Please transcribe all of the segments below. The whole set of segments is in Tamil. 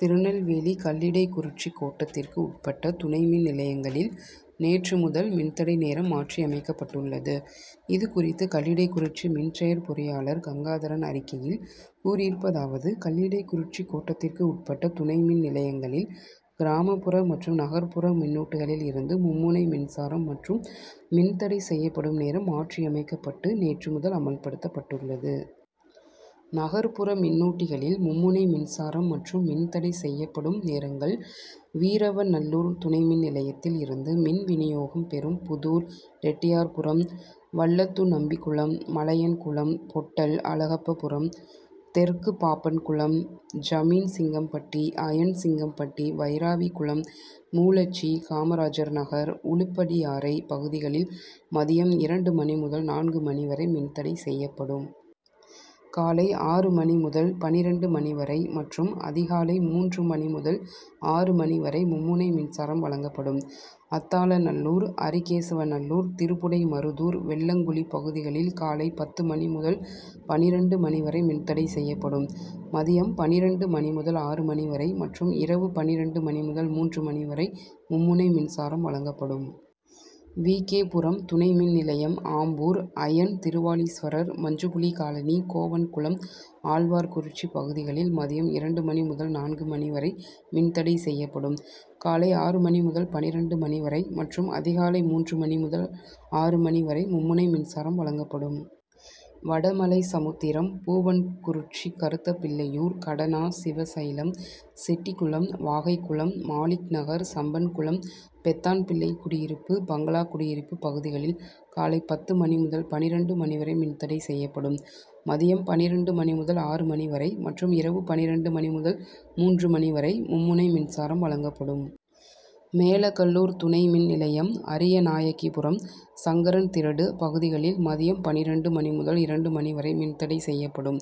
திருநெல்வேலி கல்லிடைக்குறிச்சி கோட்டத்திற்கு உட்பட்ட துணைமின் நிலையங்களில் நேற்று முதல் மின்தடை நேரம் மாற்றியமைக்கப்பட்டுள்ளது. இதுகுறித்து கல்லிடைக்குறிச்சி மின்செயற் பொறியாளர் கங்காதரன் அறிக்கையில் கூறியிருப்பதாவது கல்லிடைக்குறிச்சி கோட்டத்திற்கு உட்பட்ட துணைமின் நிலையங்களில் கிராமபுற மற்றும் நகர்புற மின்னூட்டிகளில் இருந்து மும்முனை மின்சாரம் மற்றும் மின்தடை செய்யப்படும் நேரம் மாற்றியமைக்கப்பட்டு நேற்று முதல் அமல்படுத்தப்பட்டுள்ளது. நகர்புற மின்னூட்டிகளில் மும்முனை மின்சாரம் மற்றும் மின்தடை செய்யப்படும் நேரங்கள் வீரவநல்லூர் துணைமின் நிலையத்தில் இருந்து மின்வினியோகம் பெறும் புதூர், ரெட்டியார்புரம், வல்லத்துநம்பிகுளம், மலையன்குளம், பொட்டல், அழகப்பபுரம், தெற்கு பாப்பான்குளம், ஜமீன்சிங்கம்பட்டி, அயன்சிங்கம்பட்டி, வைராவிகுளம், மூலச்சி, காமராஜர் நகர், உலுப்படியாறை பகுதிகளில் மதியம் இரண்டு மணி முதல் நான்கு மணி வரை மின்தடை செய்யப்படும். காலை ஆறு மணி முதல் பன்னிரண்டு மணி வரை மற்றும் அதிகாலை மூன்று மணி முதல் ஆறு மணி வரை மும்முனை மின்சாரம் வழங்கப்படும். அத்தாளநல்லூர், அரிகேசவநல்லூர், திருப்புடைமருதூர், வெள்ளங்குளி பகுதிகளில் காலை பத்து மணி முதல் பன்னிரண்டு மணி வரை மின்தடை செய்யப்படும். மதியம் பன்னிரண்டு மணி முதல் ஆறு மணி வரை மற்றும் இரவு பன்னிரண்டு மணி முதல் மூன்று மணி வரை மும்முனை மின்சாரம் வழங்கப்படும். வி. கே. புரம் துணை மின் நிலையம் ஆம்பூர், அயன் திருவாலீஸ்வரர், மஞ்சுப்புலி காலனி, கோவன்குளம், ஆழ்வார்குறிச்சி பகுதிகளில் மதியம் இரண்டு மணி முதல் நான்கு மணி வரை மின்தடை செய்யப்படும். காலை ஆறு மணி முதல் பன்னிரண்டு மணி வரை மற்றும் அதிகாலை மூன்று மணி முதல் ஆறு மணி வரை மும்முனை மின்சாரம் வழங்கப்படும். வடமலைசமுத்திரம், பூவன்குறிச்சி, கருத்தப்பிள்ளையூர், கடனா, சிவசைலம், செட்டிகுளம், வாகைகுளம், மாலிக்நகர், சம்பன்குளம், பெத்தான்பிள்ளைகுடியிருப்பு, பங்களா குடியிருப்பு பகுதிகளில் காலை பத்து மணி முதல் பன்னிரண்டு மணி வரை மின்தடை செய்யப்படும். மதியம் பன்னிரண்டு மணி முதல் ஆறு மணி வரை மற்றும் இரவு பன்னிரண்டு மணி முதல் மூன்று மணி வரை மும்முனை மின்சாரம் வழங்கப்படும். மேலக்கல்லூர் துணை மின் நிலையம் அரியநாயகிபுரம், சங்கரன்திரடு பகுதிகளில் மதியம் பன்னிரண்டு மணி முதல் இரண்டு மணி வரை மின்தடை செய்யப்படும்.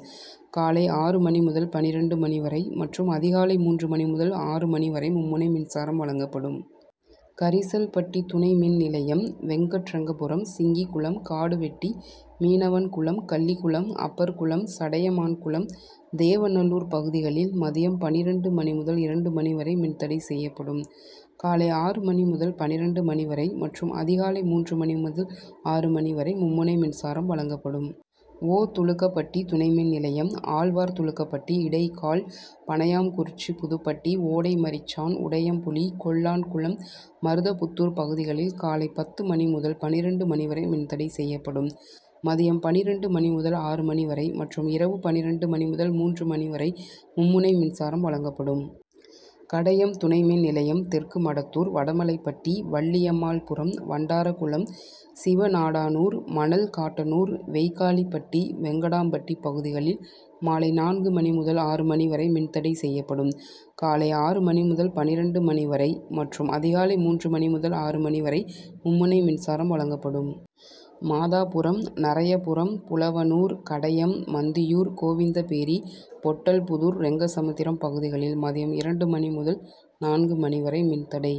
காலை ஆறு மணி முதல் பன்னிரண்டு மணி வரை மற்றும் அதிகாலை மூன்று மணி முதல் ஆறு மணி வரை மும்முனை மின்சாரம் வழங்கப்படும். கரிசல்பட்டி துணைமின் நிலையம் வெங்கட்ரெங்கபுரம், சிங்கிகுளம், காடுவெட்டி, மீனவன்குளம், கள்ளிகுளம், அப்பர்குளம், சடையமான்குளம், தேவநல்லூர் பகுதிகளில் மதியம் பன்னிரண்டு மணி முதல் இரண்டு மணி வரை மின்தடை செய்யப்படும். காலை ஆறு மணி முதல் பன்னிரண்டு மணி வரை மற்றும் அதிகாலை மூன்று மணி முதல் ஆறு மணி வரை மும்முனை மின்சாரம் வழங்கப்படும். ஓ. துலுக்கப்பட்டி துணைமின் நிலையம் ஆழ்வார்துலுக்கப்பட்டி, இடைகால், பணையாம்குறிச்சி, புதுப்பட்டி, ஓடைமரிச்சான், உடையம்புளி, கொல்லான்குளம், மருதப்புத்தூர் பகுதிகளில் காலை பத்து மணி முதல் பன்னிரண்டு மணி வரை மின்தடை செய்யப்படும். மதியம் பன்னிரண்டு மணி முதல் ஆறு மணி வரை மற்றும் இரவு பன்னிரண்டு மணி முதல் மூன்று மணி வரை மும்முனை மின்சாரம் வழங்கப்படும். கடையம் துணைமின் நிலையம் தெற்கு மடத்தூர், வடமலைபட்டி, வள்ளியம்மாள்புரம், வண்டாரகுளம், சிவநாடானூர், மணல்காட்டானூர், வெய்க்காலிபட்டி, வெங்கடாம்பட்டி பகுதிகளில் மாலை நான்கு மணி முதல் ஆறு மணி வரை மின்தடை செய்யப்படும். காலை ஆறு மணி முதல் பன்னிரண்டு மணி வரை மற்றும் அதிகாலை மூன்று மணி முதல் ஆறு மணி வரை மும்முனை மின்சாரம் வழங்கப்படும். மாதாபுரம், நரையப்புரம், புலவனூர், கடையம், மந்தியூர், கோவிந்தபேரி, பொட்டல்புதூர், ரெங்கசமுத்திரம் பகுதிகளில் மதியம் இரண்டு மணி முதல் நான்கு மணி வரை மின்தடை